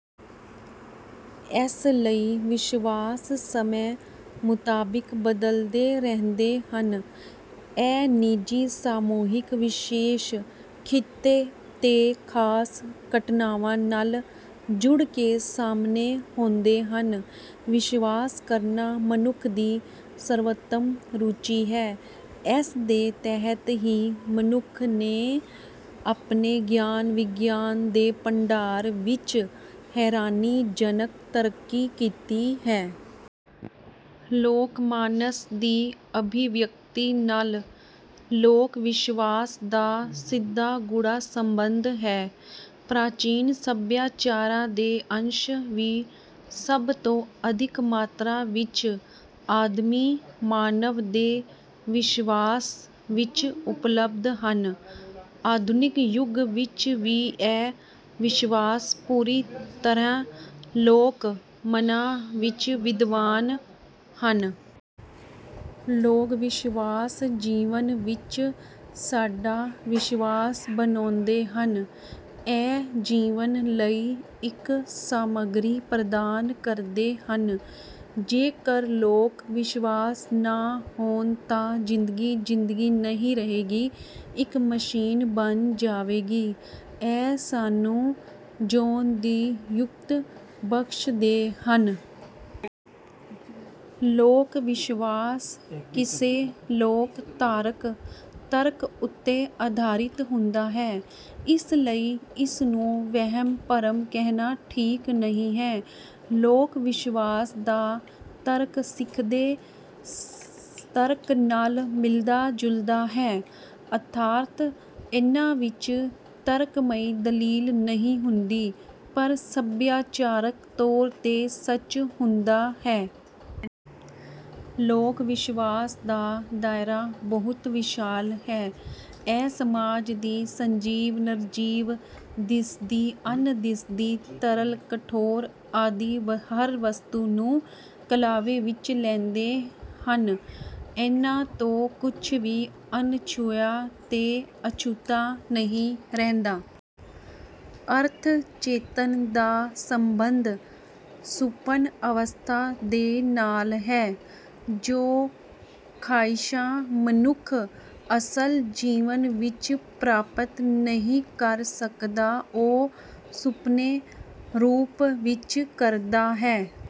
ਇਸ ਲਈ ਵਿਸ਼ਵਾਸ ਸਮੇਂ ਮੁਤਾਬਿਕ ਬਦਲਦੇ ਰਹਿੰਦੇ ਹਨ। ਇਹ ਨਿੱਜੀ, ਸਮੂਹਿਕ, ਵਿਸ਼ੇਸ਼ ਖਿੱਤੇ ਤੇ ਖਾਸ ਘਟਨਾਵਾਂ ਨਾਲ ਜੁੜ ਕੇ ਸਾਹਮਣੇ ਆਉਂਦੇ ਹਨ। ਵਿਸ਼ਵਾਸ ਕਰਨਾ ਮਨੁੱਖ ਦੀ ਸਰਵੋਤਮ ਰੁਚੀ ਹੈ। ਇਸਦੇ ਤਹਿਤ ਹੀ ਮਨੁੱਖ ਨੇ ਆਪਣੇ ਗਿਆਨ-ਵਿਗਿਆਨ ਦੇ ਭੰਡਾਰ ਵਿੱਚ ਹੈਰਾਨੀਜਨਕ ਤਰੱਕੀ ਕੀਤੀ ਹੈ। ਲੋਕ ਮਾਨਸ ਦੀ ਅਭਿਵਿਅਕਤੀ ਨਾਲ ਲੋਕ ਵਿਸ਼ਵਾਸ ਦਾ ਸਿੱਧਾ ਗੂੜ੍ਹਾ ਸਬੰਧ ਹੈ। ਪ੍ਰਾਚੀਨ ਸੱਭਿਆਚਾਰਾਂ ਦੇ ਅੰਸ਼ ਵੀ ਸਭ ਤੋਂ ਅਧਿਕ ਮਾਤਰਾ ਵਿੱਚ ਆਦਮੀ ਮਾਨਵ ਦੇ ਵਿਸ਼ਵਾਸਾਂ ਵਿੱਚ ਉਪਲੱਬਧ ਹਨ। ਆਧੁਨਿਕ ਯੁੱਗ ਵਿੱਚ ਵੀ ਇਹ ਵਿਸ਼ਵਾਸ ਪੂਰੀ ਤਰ੍ਹਾਂ ਲੋਕ ਮਨਾਂ ਵਿੱਚ ਵਿਦਮਾਨ ਹਨ। ਲੋਕ ਵਿਸ਼ਵਾਸ ਜੀਵਨ ਵਿੱਚ ਸਾਡਾ ਵਿਸ਼ਵਾਸ ਬਣਾਉਂਦੇ ਹਨ। ਇਹ ਜੀਵਨ ਲਈ ਇੱਕ ਸਮੱਗਰੀ ਪ੍ਰਦਾਨ ਕਰਦੇ ਹਨ। ਜੇਕਰ ਲੋਕ ਵਿਸ਼ਵਾਸ ਨਾ ਹੋਣ ਤਾਂ ਜ਼ਿੰਦਗੀ ਜ਼ਿੰਦਗੀ ਨਹੀਂ ਰਹੇਗੀ, ਇੱਕ ਮਸ਼ੀਨ ਬਣ ਜਾਵੇਗੀ। ਇਹ ਸਾਨੂੰ ਜਿਉਣ ਦੀ ਯੁਕਤ ਬਖ਼ਸ਼ਦੇ ਹਨ। ਲੋਕ ਵਿਸ਼ਵਾਸ ਕਿਸੇ ਲੋਕਧਾਰਕ ਤਰਕ ਉੱਤੇ ਅਧਾਰਿਤ ਹੁੰਦਾ ਹੈ ਇਸ ਲਈ ਇਸ ਨੂੰ ਵਹਿਮ-ਭਰਮ ਕਹਿਣਾ ਠੀਕ ਨਹੀਂ। ਲੋਕ ਵਿਸ਼ਵਾਸ ਦਾ ਤਰਕ ਸਿੱਖ ਦੇ ਤਰਕ ਨਾਲ ਮਿਲਦਾ ਜੁਲਦਾ ਹੈ। ਅਰਥਾਤ ਇਨ੍ਹਾਂ ਵਿੱਚ ਤਰਕਮਈ ਦਲੀਲ ਨਹੀਂ ਹੁੰਦੀ ਪਰ ਸੱਭਿਆਚਾਰਕ ਤੌਰ ਤੇ ਸੱਚ ਹੁੰਦਾ ਹੈ। ਲੋਕ ਵਿਸ਼ਵਾਸ ਦਾ ਦਾਇਰਾ ਬਹੁਤ ਵਿਸ਼ਾਲ ਹੈ। ਇਹ ਸਮਾਜ ਦੀ ਸੰਜੀਵ, ਨਿਰਜੀਵ, ਦਿਸਦੀ, ਅਣਦਿਸਦੀ, ਤਰਲ, ਕਠੋਰ ਆਦਿ ਹਰ ਵਸਤੂ ਨੂੰ ਕਲਾਵੇ ਵਿੱਚ ਲੈਂਦੇ ਹਨ। ਇਨ੍ਹਾਂ ਤੋਂ ਕੁੱਝ ਵੀ ਅਣਛੂਹਿਆ ਤੇ ਅਛੂਤਾ ਨਹੀਂ ਰਹਿੰਦਾ। ਅਰਧ ਚੇਤਨ ਦਾ ਸਬੰਧ ਸੁਪਨ ਅਵਸਥਾ ਦੇ ਨਾਲ ਹੈ। ਜੋ ਖਾਹਿਸ਼ਾਂ ਮਨੁੱਖ ਅਸਲ ਜੀਵਨ ਵਿੱਚ ਪ੍ਰਾਪਤ ਨਹੀਂ ਕਰ ਸਕਦਾ ਉਹ ਸੁਪਨੇ ਰੂਪ ਵਿੱਚ ਕਰਦਾ ਹੈ